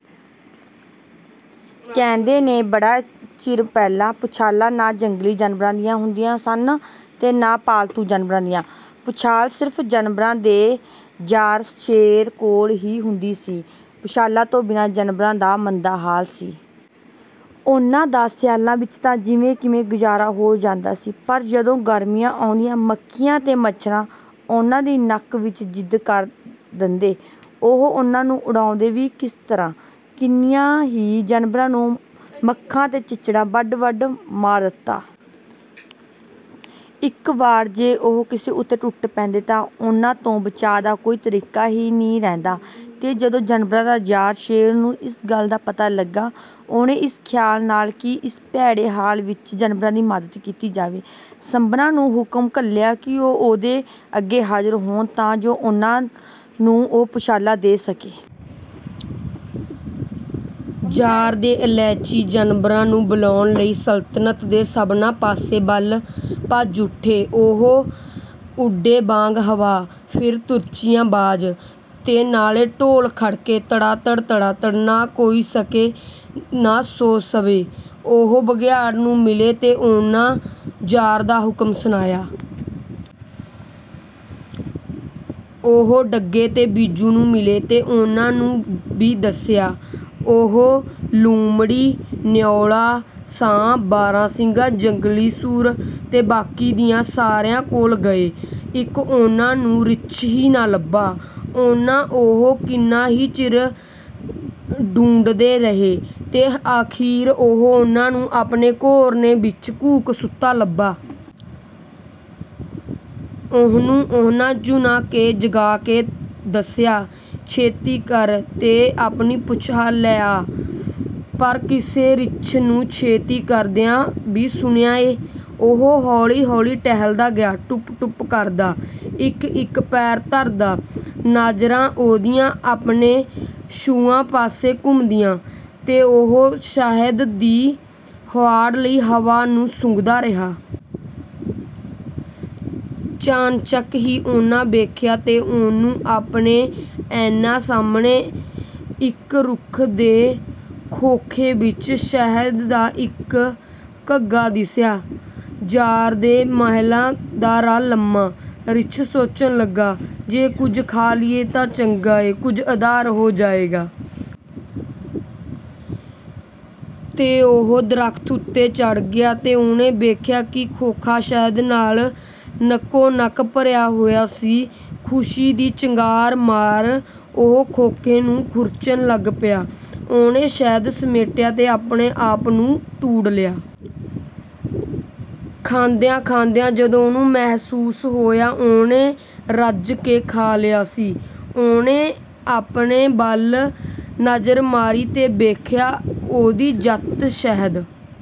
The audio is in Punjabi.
ਕਹਿੰਦੇ ਨੇ, ਬੜਾ ਚਿਰ ਪਹਿਲਾਂ ਪੂਛਲਾਂ ਨਾ ਜੰਗਲੀ ਜਾਨਵਰਾਂ ਦੀਆਂ ਹੁੰਦੀਆਂ ਸਨ ਤੇ ਨਾ ਪਾਲਤੂ ਜਾਨਵਰਾਂ ਦੀਆਂ। ਪੂਛਲ ਸਿਰਫ਼ ਜਾਨਵਰਾਂ ਦੇ ਜ਼ਾਰ, ਸ਼ੇਰ, ਕੋਲ ਹੀ ਹੁੰਦੀ ਸੀ। ਪੂਛਲਾਂ ਤੋਂ ਬਿਨਾਂ ਜਾਨਵਰਾਂ ਦਾ ਮੰਦਾ ਹਾਲ ਸੀ। ਉਹਨਾਂ ਦਾ ਸਿਆਲਾਂ ਵਿੱਚ ਤਾਂ ਜਿਵੇਂ-ਕਿਵੇਂ ਗੁਜ਼ਾਰਾ ਹੋ ਜਾਂਦਾ ਸੀ, ਪਰ ਜਦੋਂ ਗਰਮੀਆਂ ਆਉਂਦੀਆਂ, ਮੱਖੀਆਂ ਤੇ ਮੱਛਰ ਉਹਨਾਂ ਦੀ ਨੱਕ ਵਿੱਚ ਜਿੰਦ ਕਰ ਦੇਂਦੇ! ਉਹ ਉਹਨਾਂ ਨੂੰ ਉਡਾਂਦੇ ਵੀ ਕਿਸ ਤਰ੍ਹਾਂ? ਕਿੰਨਿਆਂ ਹੀ ਜਾਨਵਰਾਂ ਨੂੰ ਮੱਖਾਂ ਤੇ ਚਿੱਚੜਾਂ ਵੱਢ-ਵੱਢ ਮਾਰ ਦਿੱਤਾ! ਇੱਕ ਵਾਰੀ ਜੇ ਉਹ ਕਿਸੇ ਉਤੇ ਟੁੱਟ ਪੈਂਦੇ, ਤਾਂ ਉਹਨਾਂ ਤੋਂ ਬਚਾਅ ਦਾ ਕੋਈ ਤਰੀਕਾ ਹੀ ਨਾ ਰਹਿੰਦਾ। ਤੇ ਜਦੋਂ ਜਾਨਵਰਾਂ ਦੇ ਜ਼ਾਰ, ਸ਼ੇਰ, ਨੂੰ ਇਸ ਗੱਲ ਦਾ ਪਤਾ ਲੱਗਾ, ਉਹਨੇ ਇਸ ਖ਼ਿਆਲ ਨਾਲ ਕਿ ਇਸ ਭੈੜੇ ਹਾਲ ਵਿੱਚ ਜਾਨਵਰਾਂ ਦੀ ਮਦਦ ਕੀਤੀ ਜਾਵੇ, ਸਭਨਾਂ ਨੂੰ ਹੁਕਮ ਘੱਲਿਆ ਕਿ ਉਹ ਉਹਦੇ ਅੱਗੇ ਹਾਜ਼ਰ ਹੋਣ, ਤਾਂ ਜੋ ਉਹਨਾਂ ਨੂੰ ਉਹ ਪੂਛਲਾਂ ਦੇ ਸਕੇ। ਜ਼ਾਰ ਦੇ ਏਲਚੀ ਜਾਨਵਰਾਂ ਨੂੰ ਬੁਲਾਣ ਲਈ ਸਲਤਨਤ ਦੇ ਸਭਨਾਂ ਪਾਸਿਆਂ ਵੱਲ ਭੱਜ ਉੱਠੇ। ਉਹ ਉੱਡੇ ਵਾਂਗ ਹਵਾ, ਫਿਰਨ ਤੁਰਮਚੀਆਂ ਵਜਾ, ਤੇ ਨਾਲੇ ਢੋਲ ਖੜਕਾ, ਤੜਾ-ਤਾ, ਤੜਾ-ਤਾ! ਨਾ ਕੋਈ ਸਕੇ ਸੌ ਸਵਾ। ਉਹ ਬਘਿਆੜ ਨੂੰ ਮਿਲੇ ਤੇ ਉਹਨੂੰ ਜ਼ਾਰ ਦਾ ਹੁਕਮ ਸੁਣਾਇਆ। ਉਹ ਢੱਗੇ ਤੇ ਬਿੱਜੂ ਨੂੰ ਮਿਲੇ, ਤੇ ਉਹਨਾਂ ਨੂੰ ਵੀ ਦੱਸਿਆ। ਤੇ ਉਹ ਲੂੰਮੜੀ, ਨਿਉਲੇ, ਸਹੇ, ਬਾਰਾਂ-ਸਿੰਙੇ, ਜੰਗਲੀ ਸੂਰ ਤੇ ਬਾਕੀ ਦਿਆਂ ਸਾਰਿਆਂ ਕੋਲ ਗਏ। ਇੱਕ ਉਹਨਾਂ ਨੂੰ ਰਿੱਛ ਹੀ ਨਾ ਲੱਭਾ। ਉਹਨੂੰ ਉਹ ਕਿੰਨਾ ਹੀ ਚਿਰ ਢੂੰਡਦੇ ਰਹੇ, ਤੇ ਅਖ਼ੀਰ ਉਹ ਉਹਨਾਂ ਨੂੰ ਆਪਣੇ ਘੁਰਨੇ ਵਿੱਚ ਘੂਕ ਸੁੱਤਾ ਲੱਭਾ। ਉਹਨੂੰ ਉਹਨਾਂ ਝੂਣ ਕੇ ਜਗਾਇਆ ਤੇ ਦੱਸਿਆ, ਛੇਤੀ ਕਰੇ ਤੇ ਆਪਣੀ ਪੂਛਲ ਲੈ ਆਵੇ। ਪਰ ਕਿਸੇ ਰਿੱਛ ਨੂੰ ਛੇਤੀ ਕਰਦਿਆਂ ਵੀ ਸੁਣਿਆ ਏਂ! ਉਹ ਹੌਲੀ-ਹੌਲੀ ਟਹਿਲਦਾ ਗਿਆ, ਟੁਪ-ਟੁਪ ਕਰਦਾ, ਇੱਕ-ਇੱਕ ਪੈਰ ਧਰਦਾ; ਨਜ਼ਰਾਂ ਉਹਦੀਆਂ ਆਪਣੇ ਚੌਹਾਂ ਪਾਸੇ ਘੁੰਮਦੀਆਂ, ਤੇ ਉਹ ਸ਼ਹਿਦ ਦੀ ਹੁਆੜ ਲਈ ਹਵਾ ਨੂੰ ਸੁੰਘਦਾ ਰਿਹਾ। ਚਾਣਚਕ ਹੀ ਉਹਨੇ ਵੇਖਿਆ, ਤੇ ਉਹਨੂੰ ਆਪਣੇ ਐਨ ਸਾਹਮਣੇ, ਇਕ ਰੁੱਖ ਦੇ ਖੋਖ ਵਿੱਚ, ਸ਼ਹਿਦ ਦਾ ਇੱਕ ਖੱਗਾ ਦਿਸਿਆ। "ਜ਼ਾਰ ਦੇ ਮਹਿਲਾਂ ਦਾ ਰਾਹ ਲੰਮੈਂ," ਰਿੱਛ ਸੋਚਣ ਲੱਗਾ। "ਜੇ ਕੁਝ ਖਾ ਲਾਂ, ਤਾਂ ਚੰਗਾ ਏ, ਕੁਝ ਆਧਾਰ ਹੋ ਜਾਏਗਾ।" ਤੇ ਉਹ ਦਰਖ਼ਤ ਉਤੇ ਚੜ੍ਹ ਗਿਆ ਤੇ ਉਹਨੇ ਵੇਖਿਆ ਕਿ ਖੋਖ ਸ਼ਹਿਦ ਨਾਲ ਨਕਾ-ਨਕ ਭਰਿਆ ਹੋਇਆ ਸੀ! ਖੁਸ਼ੀ ਦੀ ਚਾਂਗਰ ਮਾਰ ਉਹ ਖੋਖ ਨੂੰ ਖੁਰਚਣ ਲੱਗ ਪਿਆ। ਉਹਨੇ ਸ਼ਹਿਦ ਸਮੇਟਿਆ ਤੇ ਆਪਣੇ ਆਪ ਨੂੰ ਤੂੜ ਲਿਆ। ਖਾਂਦਿਆਂ-ਖਾਂਦਿਆਂ ਜਦੋਂ ਉਹਨੂੰ ਮਹਿਸੂਸ ਹੋਇਆ, ਉਹਨੇ ਰੱਜ ਕੇ ਖਾ ਲਿਆ ਸੀ, ਉਹਨੇ ਆਪਣੇ ਵੱਲ ਨਜ਼ਰ ਮਾਰੀ ਤੇ ਵੇਖਿਆ, ਉਹਦੀ ਜੱਤ ਸ਼ਹਿਦ